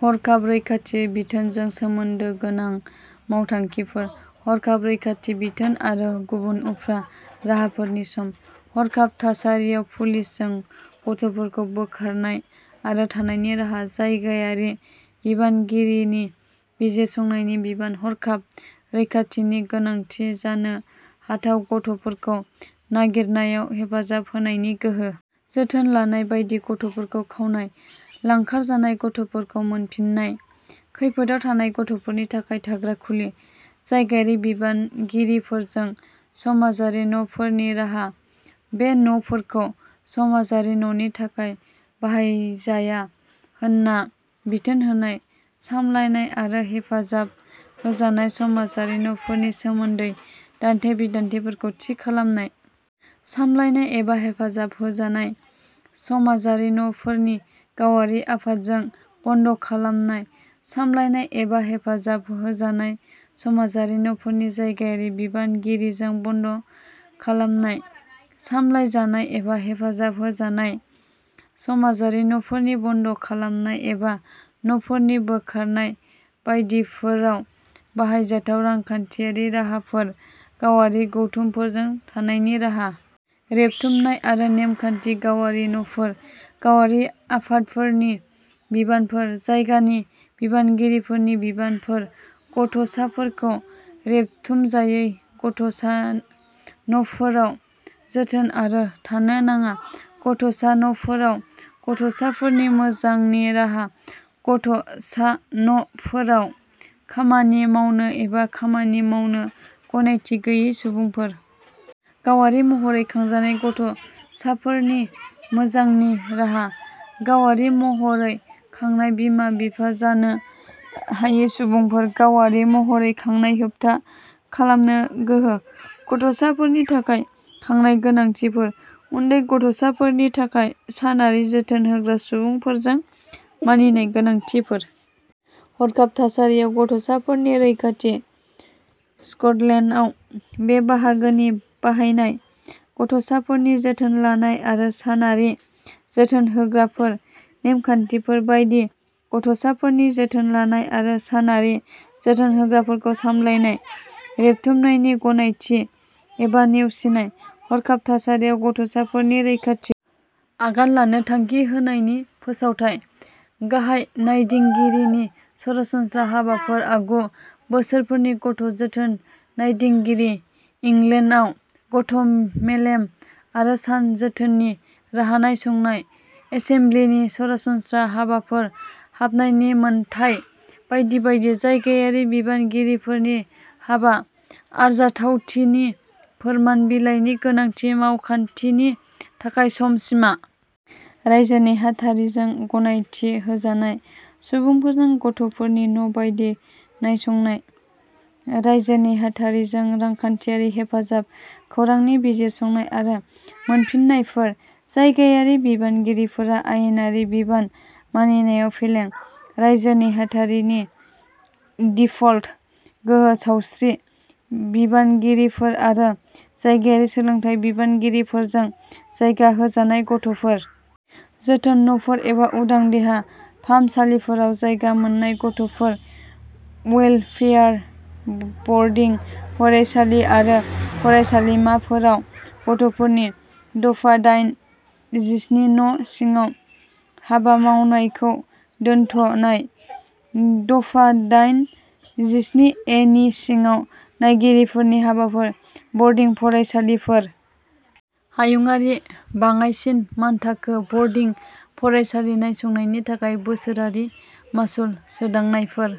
हरखाब रैखाथि बिथोनजों सोमोन्दो गोनां मावथांखिफोर। हरखाब रैखाथि बिथोन आरो गुबुन उफ्रा राहाफोरनि सम। हरखाब थासारियाव पुलिसजों गथ'फोरखौ बोखारनाय आरो थानायनि राहा। जायगायारि बिबानगिरिनि बिजिरसंनायनि बिबान। हरखाब रैखाथिनि गोनांथि जानो हाथाव गथ'फोरखौ नागिरनायाव हेफाजाब होनायनि गोहो। जोथोन लानाय बायदि गथ'फोरखौ खावनाय। लांखारजानाय गथ'फोरखौ मोनफिननाय। खैफोदाव थानाय गथ'फोरनि थाखाय थाग्रा खुलि। जायगायारि बिबानगिरिफोरजों समाजारि न'फोरनि राहा। बे न'फोरखौ समाजारि न'नि थाखाय बाहायजाया होनना बिथोन होनाय। सामलायनाय आरो हेफाजाब होजानाय समाजारि न'फोरनि सोमोन्दै दान्थे-बिदान्थेफोरखौ थि खालामनाय। सामलायनाय एबा हेफाजाब होजानाय समाजारि न'फोरनि गावआरि आफादजों बन्द'खालामनाय। सामलायनाय एबा हेफाजाब होजानाय समाजारि न'फोरनि जायगायारि बिबानगिरिजों बन्द'खालामनाय। सामलायजानाय एबा हेफाजाब होजानाय समाजारि न'फोरनि बन्द'खालामनाय एबा न'फोरनि बोखारनाय बायदिफोराव बाहायजाथाव रांखान्थियारि राहाफोर। गावआरि गौथुमफोरजों थानायनि राहा। रेबथुमनाय आरो नेमखान्थि गावआरि न’फोर। गावआरि आफादफोरनि बिबानफोर। जायगानि बिबानगिरिफोरनि बिबानफोर। गथ’ साफोरखौ रेबथुमजायै गथ’सा न’फोराव जोथोन आरो थानो नाङा। गथ’सा न’फोराव गथ’साफोरनि मोजांनि राहा। गथ सा न’ फोराव खामानि मावनो एबा खामानि मावनो गनायथि गैयै सुबुंफोर। गावारि महरै खांजानाय गथ’ साफोरनि मोजांनि राहा। गावारि महरै खांनाय बिमा-बिफा जानो हायि सुबुंफोर। गावारि महरै खांनाय होबथा खालामनो गोहो। गथ’साफोरनि थाखाय खांनाय गोनांथिफोर। उन्दै गथ’साफोरनि थाखाय सानारि जोथोन होग्रा सुबुंफोरजों मानिनाय गोनांथिफोर। हरखाब थासारियाव गथ’साफोरनि रैखाथि। स्कटलेन्डआव बे बाहागोनि बाहायनाय। गथ’साफोरनि जोथोन लानाय आरो सानारि जोथोन होग्राफोर। नेमखान्थिफोर बायदि गथ’साफोरनि जोथोन लानाय आरो सानारि जोथोन होग्राफोरखौ सामलायनाय। रेबथुमनायनि गनायथि एबा नेवसिनाय। हरखाब थासारियाव गथ’साफोरनि रैखाथि। आगान लानो थांखि होनायनि फोसावथाइ। गाहाय नायदिंगिरिनि सरासनस्रा हाबाफोर आगु बोसोरफोरनि गथ’ जोथोन नायदिंगिरि इंलेन्डआव गथ’ मेलेम आरो सान जोथोननि राहा नायसंनाय एसेमब्लिनि सरासनस्रा हाबाफोर हाबनायनि मोनथाय बायदि बायदि जायगायारि बिबानगिरिफोरनि हाबा आरजाथावथिनि फोरमान बिलाइनि गोनांथि मावखान्थिनि थाखाय सम सिमा। रायजो नेहाथारिजों गनायथि होजानाय सुबुंफोरजों गथ’फोरनि न’ बायदि नायसंनाय। रायजो नेहाथारिजों रांखान्थियारि हेफाजाब। खौरांनि बिजिरसंनाय आरो मोनफिन्नायफोर। जायगायारि बिबानगिरिफोरा आयेनारि बिबान मानिनायाव फेलें। रायजो नेहाथारिनि दिफल्ट गोहो। सावस्रि बिबानगिरिफोर आरो जायगायारि सोलोंथाय बिबानगिरिफोरजों जायगा होजानाय गथ’फोर। जोथोन न’फोर एबा उदां देहा फाहामसालिफोराव जायगा मोन्नाय गथ’फोर। वेलफेयार बरडिं फरायसालि आरो फरायसालिमाफोराव गथ’फोरनि। दफा दाइन जिस्नि नि सिङाव हाबा मावनायखौ दोनथ "नाय। दफा दाइन जिस्नि ए नि सिङाव नायगिरिफोरनि हाबाफोर। बरडिं फरायसालिफोर। हायुंआरि बाङाइसिन मानथाखो। बरडिं फरायसालि नायसंनायनि थाखाय बोसोरारि मासुल। सोदांनायफोर